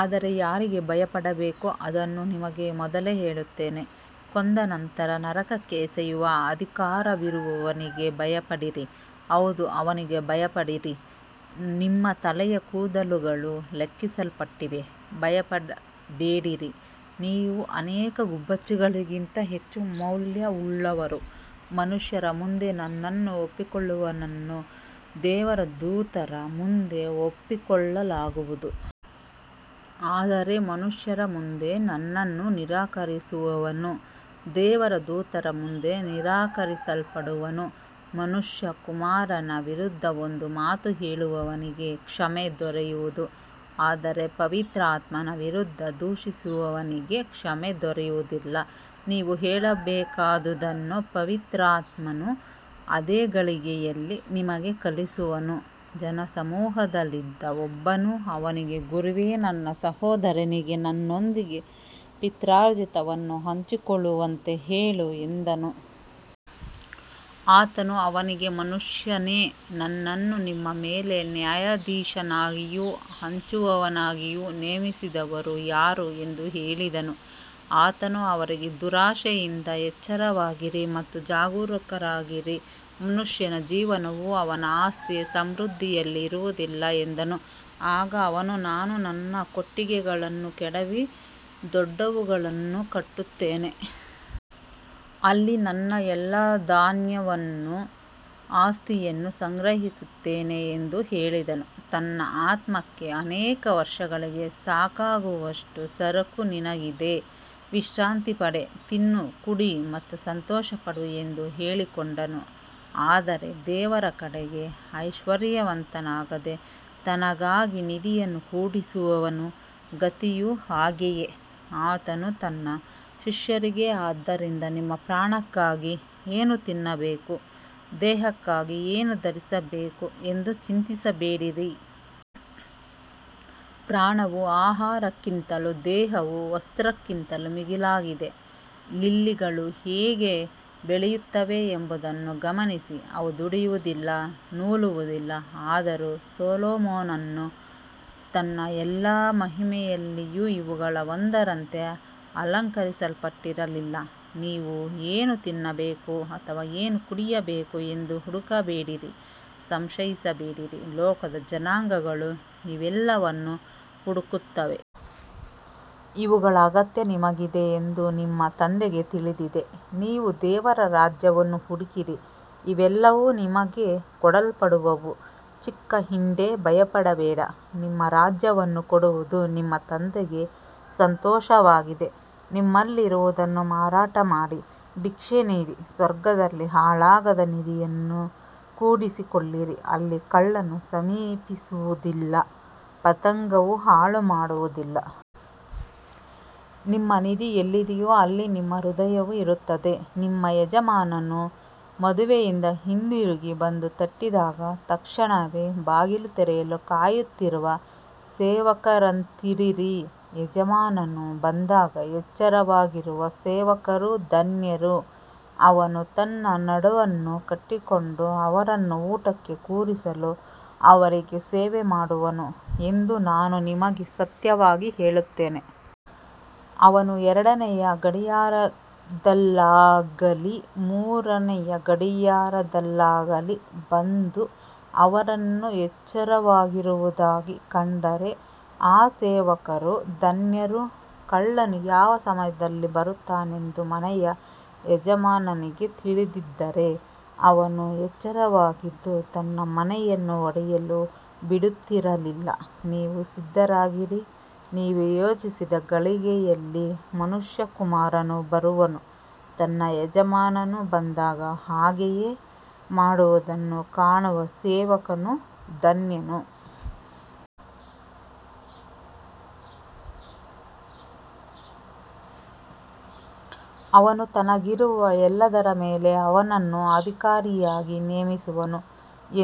ಆದರೆ ಯಾರಿಗೆ ಭಯಪಡಬೇಕೋ ಅದನ್ನು ನಿಮಗೆ ಮೊದಲೇ ಹೇಳುತ್ತೇನೆ. ಕೊಂದ ನಂತರ ನರಕಕ್ಕೆ ಎಸೆಯುವ ಅಧಿಕಾರವಿರುವವನಿಗೆ ಭಯಪಡಿರಿ. ಹೌದು, ಅವನಿಗೆ ಭಯಪಡಿರಿ. ನಿಮ್ಮ ತಲೆಯ ಕೂದಲುಗಳೂ ಲೆಕ್ಕಿಸಲ್ಪಟ್ಟಿವೆ. ಭಯಪಡಬೇಡಿರಿ, ನೀವು ಅನೇಕ ಗುಬ್ಬಚ್ಚಿಗಳಿಗಿಂತ ಹೆಚ್ಚು ಮೌಲ್ಯವುಳ್ಳವರು. ಮನುಷ್ಯರ ಮುಂದೆ ನನ್ನನ್ನು ಒಪ್ಪಿಕೊಳ್ಳುವವನನ್ನು ದೇವರ ದೂತರ ಮುಂದೆ ಒಪ್ಪಿಕೊಳ್ಳಲಾಗುವುದು. ಆದರೆ ಮನುಷ್ಯರ ಮುಂದೆ ನನ್ನನ್ನು ನಿರಾಕರಿಸುವವನು ದೇವರ ದೂತರ ಮುಂದೆ ನಿರಾಕರಿಸಲ್ಪಡುವನು. ಮನುಷ್ಯಕುಮಾರನ ವಿರುದ್ಧ ಒಂದು ಮಾತು ಹೇಳುವವನಿಗೆ ಕ್ಷಮೆ ದೊರೆಯುವುದು, ಆದರೆ ಪವಿತ್ರಾತ್ಮನ ವಿರುದ್ಧ ದೂಷಿಸುವವನಿಗೆ ಕ್ಷಮೆ ದೊರೆಯುವುದಿಲ್ಲ. ನೀವು ಹೇಳಬೇಕಾದುದನ್ನು ಪವಿತ್ರಾತ್ಮನು ಅದೇ ಗಳಿಗೆಯಲ್ಲಿ ನಿಮಗೆ ಕಲಿಸುವನು. ಜನಸಮೂಹದಲ್ಲಿದ್ದ ಒಬ್ಬನು ಅವನಿಗೆ, ಗುರುವೇ, ನನ್ನ ಸಹೋದರನಿಗೆ ನನ್ನೊಂದಿಗೆ ಪಿತ್ರಾರ್ಜಿತವನ್ನು ಹಂಚಿಕೊಳ್ಳುವಂತೆ ಹೇಳು ಎಂದನು. ಆತನು ಅವನಿಗೆ, ಮನುಷ್ಯನೇ, ನನ್ನನ್ನು ನಿಮ್ಮ ಮೇಲೆ ನ್ಯಾಯಾಧೀಶನಾಗಿಯೂ ಹಂಚುವವನಾಗಿಯೂ ನೇಮಿಸಿದವರು ಯಾರು ಎಂದು ಹೇಳಿದನು. ಆತನು ಅವರಿಗೆ, ದುರಾಶೆಯಿಂದ ಎಚ್ಚರವಾಗಿರಿ ಮತ್ತು ಜಾಗರೂಕರಾಗಿರಿ. ಮನುಷ್ಯನ ಜೀವನವು ಅವನ ಆಸ್ತಿಯ ಸಮೃದ್ಧಿಯಲ್ಲಿ ಇರುವುದಿಲ್ಲ ಎಂದನು. ಆಗ ಅವನು, ನಾನು ನನ್ನ ಕೊಟ್ಟಿಗೆಗಳನ್ನು ಕೆಡವಿ ದೊಡ್ಡವುಗಳನ್ನು ಕಟ್ಟುತ್ತೇನೆ. ಅಲ್ಲಿ ನನ್ನ ಎಲ್ಲಾ ಧಾನ್ಯವನ್ನೂ ಆಸ್ತಿಯನ್ನೂ ಸಂಗ್ರಹಿಸುತ್ತೇನೆ ಎಂದು ಹೇಳಿದನು. ತನ್ನ ಆತ್ಮಕ್ಕೆ, ಅನೇಕ ವರ್ಷಗಳಿಗೆ ಸಾಕಾಗುವಷ್ಟು ಸರಕು ನಿನಗಿದೆ. ವಿಶ್ರಾಂತಿ ಪಡೆ, ತಿನ್ನು, ಕುಡಿ ಮತ್ತು ಸಂತೋಷಪಡು ಎಂದು ಹೇಳಿಕೊಂಡನು. ಆದರೆ ದೇವರ ಕಡೆಗೆ ಐಶ್ವರ್ಯವಂತನಾಗದೆ ತನಗಾಗಿ ನಿಧಿಯನ್ನು ಕೂಡಿಸುವವನ ಗತಿಯೂ ಹಾಗೆಯೇ. ಆತನು ತನ್ನ ಶಿಷ್ಯರಿಗೆ, ಆದ್ದರಿಂದ ನಿಮ್ಮ ಪ್ರಾಣಕ್ಕಾಗಿ ಏನು ತಿನ್ನಬೇಕು, ದೇಹಕ್ಕಾಗಿ ಏನು ಧರಿಸಬೇಕು ಎಂದು ಚಿಂತಿಸಬೇಡಿರಿ. ಪ್ರಾಣವು ಆಹಾರಕ್ಕಿಂತಲೂ ದೇಹವು ವಸ್ತ್ರಕ್ಕಿಂತಲೂ ಮಿಗಿಲಾಗಿದೆ. ಲಿಲ್ಲಿಗಳು ಹೇಗೆ ಬೆಳೆಯುತ್ತವೆ ಎಂಬುದನ್ನು ಗಮನಿಸಿ. ಅವು ದುಡಿಯುವುದಿಲ್ಲ, ನೂಲುವುದಿಲ್ಲ. ಆದರೂ ಸೊಲೊಮೋನನು ತನ್ನ ಎಲ್ಲಾ ಮಹಿಮೆಯಲ್ಲಿಯೂ ಇವುಗಳಲ್ಲಿ ಒಂದರಂತೆ ಅಲಂಕರಿಸಲ್ಪಟ್ಟಿರಲಿಲ್ಲ. ನೀವು ಏನು ತಿನ್ನಬೇಕು ಅಥವಾ ಏನು ಕುಡಿಯಬೇಕು ಎಂದು ಹುಡುಕಬೇಡಿರಿ, ಸಂಶಯಿಸಬೇಡಿರಿ. ಲೋಕದ ಜನಾಂಗಗಳು ಇವೆಲ್ಲವನ್ನೂ ಹುಡುಕುತ್ತವೆ. ಇವುಗಳ ಅಗತ್ಯ ನಿಮಗಿದೆ ಎಂದು ನಿಮ್ಮ ತಂದೆಗೆ ತಿಳಿದಿದೆ. ನೀವು ದೇವರ ರಾಜ್ಯವನ್ನು ಹುಡುಕಿರಿ, ಇವೆಲ್ಲವೂ ನಿಮಗೆ ಕೊಡಲ್ಪಡುವವು. ಚಿಕ್ಕ ಹಿಂಡೇ, ಭಯಪಡಬೇಡ. ನಿಮಗೆ ರಾಜ್ಯವನ್ನು ಕೊಡುವುದು ನಿಮ್ಮ ತಂದೆಗೆ ಸಂತೋಷವಾಗಿದೆ. ನಿಮ್ಮಲ್ಲಿರುವುದನ್ನು ಮಾರಾಟ ಮಾಡಿ ಭಿಕ್ಷೆ ನೀಡಿ. ಸ್ವರ್ಗದಲ್ಲಿ ಹಾಳಾಗದ ನಿಧಿಯನ್ನು ಕೂಡಿಸಿಕೊಳ್ಳಿರಿ. ಅಲ್ಲಿ ಕಳ್ಳನು ಸಮೀಪಿಸುವುದಿಲ್ಲ, ಪತಂಗವೂ ಹಾಳುಮಾಡುವುದಿಲ್ಲ. ನಿಮ್ಮ ನಿಧಿ ಎಲ್ಲಿದೆಯೋ ಅಲ್ಲಿ ನಿಮ್ಮ ಹೃದಯವೂ ಇರುತ್ತದೆ. ನಿಮ್ಮ ಯಜಮಾನನು ಮದುವೆಯಿಂದ ಹಿಂದಿರುಗಿ ಬಂದು ತಟ್ಟಿದಾಗ ತಕ್ಷಣವೇ ಬಾಗಿಲು ತೆರೆಯಲು ಕಾಯುತ್ತಿರುವ ಸೇವಕರಂತಿರಿರಿ. ಯಜಮಾನನು ಬಂದಾಗ ಎಚ್ಚರವಾಗಿರುವ ಸೇವಕರು ಧನ್ಯರು. ಅವನು ತನ್ನ ನಡುವನ್ನು ಕಟ್ಟಿಕೊಂಡು ಅವರನ್ನು ಊಟಕ್ಕೆ ಕೂರಿಸಿ ಅವರಿಗೆ ಸೇವೆ ಮಾಡುವನು ಎಂದು ನಾನು ನಿಮಗೆ ಸತ್ಯವಾಗಿ ಹೇಳುತ್ತೇನೆ. ಅವನು ಎರಡನೆಯ ಗಡಿಯಾರದಲ್ಲಾಗಲಿ ಮೂರನೆಯ ಗಡಿಯಾರದಲ್ಲಾಗಲಿ ಬಂದು ಅವರನ್ನು ಎಚ್ಚರವಾಗಿರುವುದಾಗಿ ಕಂಡರೆ ಆ ಸೇವಕರು ಧನ್ಯರು. ಕಳ್ಳನು ಯಾವ ಸಮಯದಲ್ಲಿ ಬರುತ್ತಾನೆಂದು ಮನೆಯ ಯಜಮಾನನಿಗೆ ತಿಳಿದಿದ್ದರೆ, ಅವನು ಎಚ್ಚರವಾಗಿದ್ದು ತನ್ನ ಮನೆಯನ್ನು ಒಡೆಯಲು ಬಿಡುತ್ತಿರಲಿಲ್ಲ. ನೀವು ಸಿದ್ಧರಾಗಿರಿ, ನೀವು ಯೋಚಿಸದ ಗಳಿಗೆಯಲ್ಲಿ ಮನುಷ್ಯಕುಮಾರನು ಬರುವನು. ತನ್ನ ಯಜಮಾನನು ಬಂದಾಗ ಹಾಗೆಯೇ ಮಾಡುವುದನ್ನು ಕಾಣುವ ಸೇವಕನು ಧನ್ಯನು. ಅವನು ತನಗಿರುವ ಎಲ್ಲದರ ಮೇಲೆ ಅವನನ್ನು ಅಧಿಕಾರಿಯಾಗಿ ನೇಮಿಸುವನು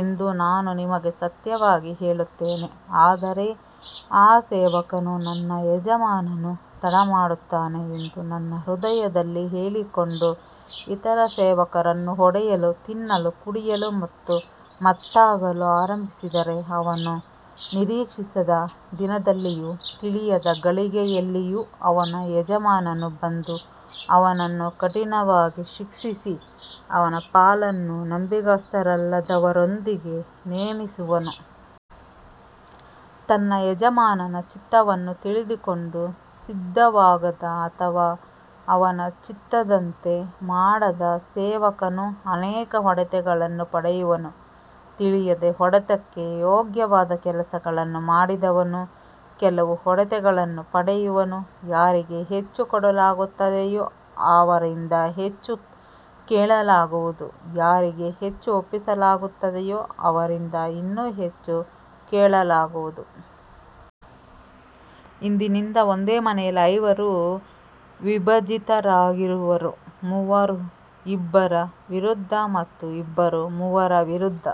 ಎಂದು ನಾನು ನಿಮಗೆ ಸತ್ಯವಾಗಿ ಹೇಳುತ್ತೇನೆ. ಆದರೆ ಆ ಸೇವಕನು, ನನ್ನ ಯಜಮಾನನು ತಡಮಾಡುತ್ತಾನೆ ಎಂದು ತನ್ನ ಹೃದಯದಲ್ಲಿ ಹೇಳಿಕೊಂಡು ಇತರ ಸೇವಕರನ್ನು ಹೊಡೆಯಲು, ತಿನ್ನಲು, ಕುಡಿಯಲು ಮತ್ತು ಮತ್ತಾಗಲು ಆರಂಭಿಸಿದರೆ, ಅವನು ನಿರೀಕ್ಷಿಸದ ದಿನದಲ್ಲಿಯೂ ತಿಳಿಯದ ಗಳಿಗೆಯಲ್ಲಿಯೂ ಅವನ ಯಜಮಾನನು ಬಂದು ಅವನನ್ನು ಕಠಿಣವಾಗಿ ಶಿಕ್ಷಿಸಿ ಅವನ ಪಾಲನ್ನು ನಂಬಿಗಸ್ತರಲ್ಲದವರೊಂದಿಗೆ ನೇಮಿಸುವನು. ತನ್ನ ಯಜಮಾನನ ಚಿತ್ತವನ್ನು ತಿಳಿದುಕೊಂಡು ಸಿದ್ಧವಾಗದ ಅಥವಾ ಅವನ ಚಿತ್ತದಂತೆ ಮಾಡದ ಸೇವಕನು ಅನೇಕ ಹೊಡೆತಗಳನ್ನು ಪಡೆಯುವನು. ತಿಳಿಯದೆ ಹೊಡೆತಕ್ಕೆ ಯೋಗ್ಯವಾದ ಕೆಲಸಗಳನ್ನು ಮಾಡಿದವನು ಕೆಲವು ಹೊಡೆತಗಳನ್ನು ಪಡೆಯುವನು. ಯಾರಿಗೆ ಹೆಚ್ಚು ಕೊಡಲಾಗುತ್ತದೆಯೋ ಅವರಿಂದ ಹೆಚ್ಚು ಕೇಳಲಾಗುವುದು. ಯಾರಿಗೆ ಹೆಚ್ಚು ಒಪ್ಪಿಸಲಾಗುತ್ತದೆಯೋ ಅವರಿಂದ ಇನ್ನೂ ಹೆಚ್ಚು ಕೇಳಲಾಗುವುದು. ಇಂದಿನಿಂದ ಒಂದೇ ಮನೆಯಲ್ಲಿ ಐವರು ವಿಭಜಿತರಾಗಿರುವರು, ಮೂವರು ಇಬ್ಬರ ವಿರುದ್ಧ ಮತ್ತು ಇಬ್ಬರು ಮೂವರ ವಿರುದ್ಧ.